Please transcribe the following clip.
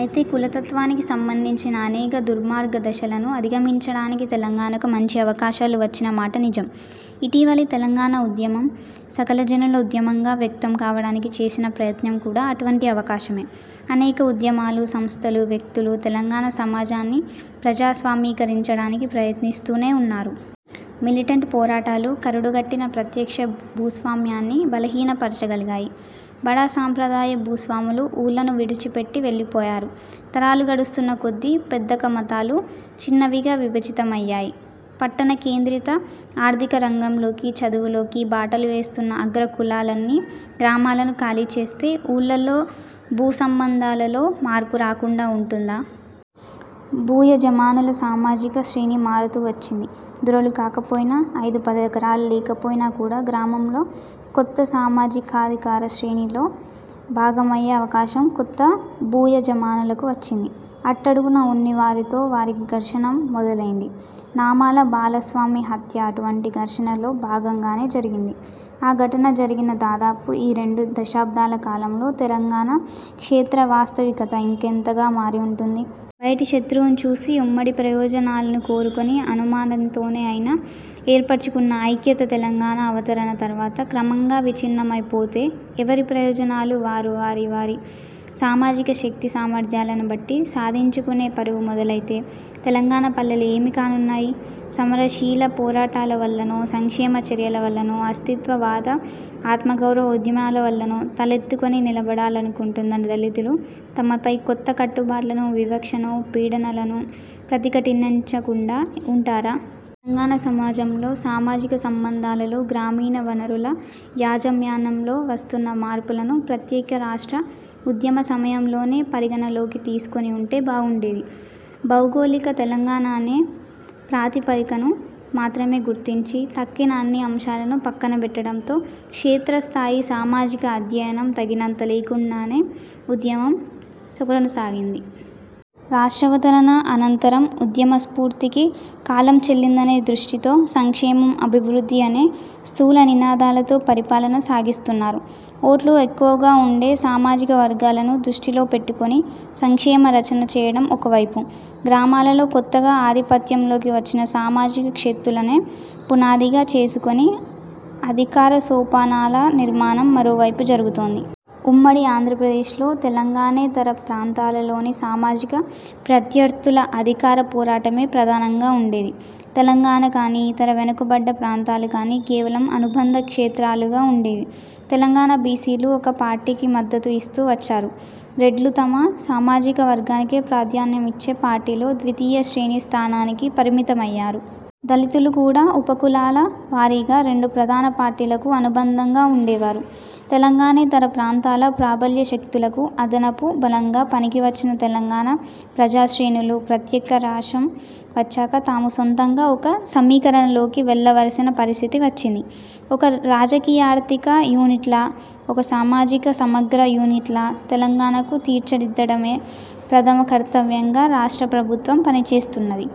అయితే, కులతత్వానికి సంబంధించిన అనేక దుర్మార్గ దశలను అధిగమించడానికి తెలంగాణకు మంచి అవకాశాలు వచ్చిన మాట నిజం. ఇటీవలి తెలంగాణ ఉద్యమం సకలజనుల ఉద్యమంగా వ్యక్తం కావడానికి చేసిన ప్రయత్నం కూడా అటువంటి అవకాశమే. అనేక ఉద్యమాలు, సంస్థలు, వ్యక్తులు తెలంగాణ సమాజాన్ని ప్రజాస్వామ్యీకరించడానికి ప్రయత్నిస్తూనే ఉన్నారు. మిలిటెంట్ పోరాటాలు కరుడుగట్టిన ప్రత్యక్ష భూస్వామ్యాన్ని బలహీనపరచగలిగాయి. బడా సాంప్రదాయ భూస్వాములు ఊర్లను విడిచిపెట్టి వెళ్లిపోయారు. తరాలు గడుస్తున్న కొద్దీ పెద్దకమతాలు చిన్నవిగా విభజితమయ్యాయి. పట్టణ కేంద్రిత ఆర్థికరంగాలలోకి, చదువులలోకి బాటలు వేసుకున్న అగ్రకులాలన్నీ గ్రామాలను ఖాళీ చేస్తే, ఊళ్లల్లో భూసంబంధాలలో మార్పు రాకుండా ఉంటుందా? భూయజమానుల సామాజిక శ్రేణి మారుతూ వచ్చింది. దొరలు కాకపోయినా, ఐదుపదెకరాలు లేకపోయినా కూడా గ్రామంలో కొత్త సామాజికాధికార శ్రేణిలో భాగమయ్యే అవకాశం కొత్త భూయజమానులకు వచ్చింది. అట్టడుగున ఉన్నవారితో వారికి ఘర్షణ మొదలైంది. నామాల బాలస్వామి హత్య అటువంటి ఘర్షణలో భాగంగానే జరిగింది. ఆ ఘటన జరిగిన దాదాపు ఈ రెండు దశాబ్దాల కాలంలో తెలంగాణ క్షేత్రవాస్తవికత ఇంకెంతగా మారి ఉంటుంది? బయటి శత్రువును చూసి, ఉమ్మడి ప్రయోజనాలను కోరుకుని అనుమానంతోనే అయినా- ఏర్పరచుకున్న ఐక్యత తెలంగాణ అవతరణ తరువాత క్రమంగా విచ్ఛిన్నమైపోతే, ఎవరి ప్రయోజనాలు వారు వారి వారి సామాజిక శక్తి సామర్థ్యాలను బట్టి సాధించుకునే పరుగు మొదలైతే, తెలంగాణ పల్లెలు ఏమి కానున్నాయి? సమరశీల పోరాటాల వల్లనో, సంక్షేమ చర్యల వల్లనో, అస్తిత్వ వాద ఆత్మగౌరవ ఉద్యమాల వల్లనో తల ఎత్తుకుని నిలబడాలనుకుంటున్న దళితులు తమపై కొత్త కట్టుబాట్లను, వివక్షను, పీడనలను ప్రతిఘటించకుండా ఉంటారా? తెలంగాణ సమాజంలో సామాజిక సంబంధాలలో, గ్రామీణ వనరుల యాజమాన్యంలో వస్తున్న మార్పులను ప్రత్యేక రాష్ట్ర ఉద్యమసమయంలోనే పరిగణనలోకి తీసుకుని ఉంటే బాగుండేది. భౌగోళిక తెలంగాణ అనే ప్రాతిపదికను మాత్రమే గుర్తించి, తక్కిన అన్ని అంశాలను పక్కనబెట్టడంతో, క్షేత్రస్థాయి సామాజిక అధ్యయనం తగినంత లేకుండానే ఉద్యమం కొనసాగింది. రాష్ట్రావతరణ అనంతరం ఉద్యమస్ఫూర్తికి కాలం చెల్లిందనే దృష్టితో, సంక్షేమం- అభివృద్ధి అనే స్థూలనినాదాలతో పరిపాలన సాగిస్తున్నారు. ఓట్లు ఎక్కువ ఉండే సామా జిక వర్గాలను దృష్టిలో పెట్టుకుని సంక్షేమ రచన చేయడం ఒక వైపు, గ్రామా లలో కొత్తగా ఆధిపత్యంలోకి వచ్చిన సామాజిక శక్తులనే పునాదిగా చేసుకుని అధికారసోపానాల నిర్మాణం మరోవైపు జరుగుతోంది. ఉమ్మడి ఆంధ్రప్రదేశ్లో తెలంగాణేతర ప్రాంతాలలోని సామాజిక ప్రత్యర్థుల అధికారపోరాటమే ప్రధానంగా ఉండేది. తెలంగాణ కానీ, ఇతర 'వెనుకబడ్డ' ప్రాంతాలు కానీ కేవలం అనుబంధ క్షేత్రాలుగా ఉండేవి. తెలంగాణ బిసిలు ఒక పార్టీకి మద్దతు ఇస్తూ వచ్చారు. రెడ్లు తమ సామాజిక వర్గానికే ప్రాధాన్యం ఇచ్చే పార్టీలో ద్వితీయశ్రేణి స్థానానికి పరిమితమయ్యారు. దళితులు కూడా ఉపకులాల వారీగా రెండు ప్రధాన పార్టీలకు అనుబంధంగా ఉండేవారు. తెలంగాణేతర ప్రాంతాల ప్రాబల్యశక్తులకు అదనపు బలంగా పనికివచ్చిన తెలంగాణ ప్రజాశ్రేణులు, ప్రత్యేక రాష్ట్రం వచ్చాక తాము సొంతంగా ఒక సమీకరణలోకి వెళ్లవలసిన పరిస్థితి వచ్చింది. ఒక రాజకీయార్థిక యూనిట్గా, ఒక సామాజిక సమగ్ర యూనిట్గా తెలంగాణను తీర్చిదిద్దడమే ప్రథమకర్తవ్యంగా రాష్ట్ర ప్రభుత్వం పనిచేస్తున్నది.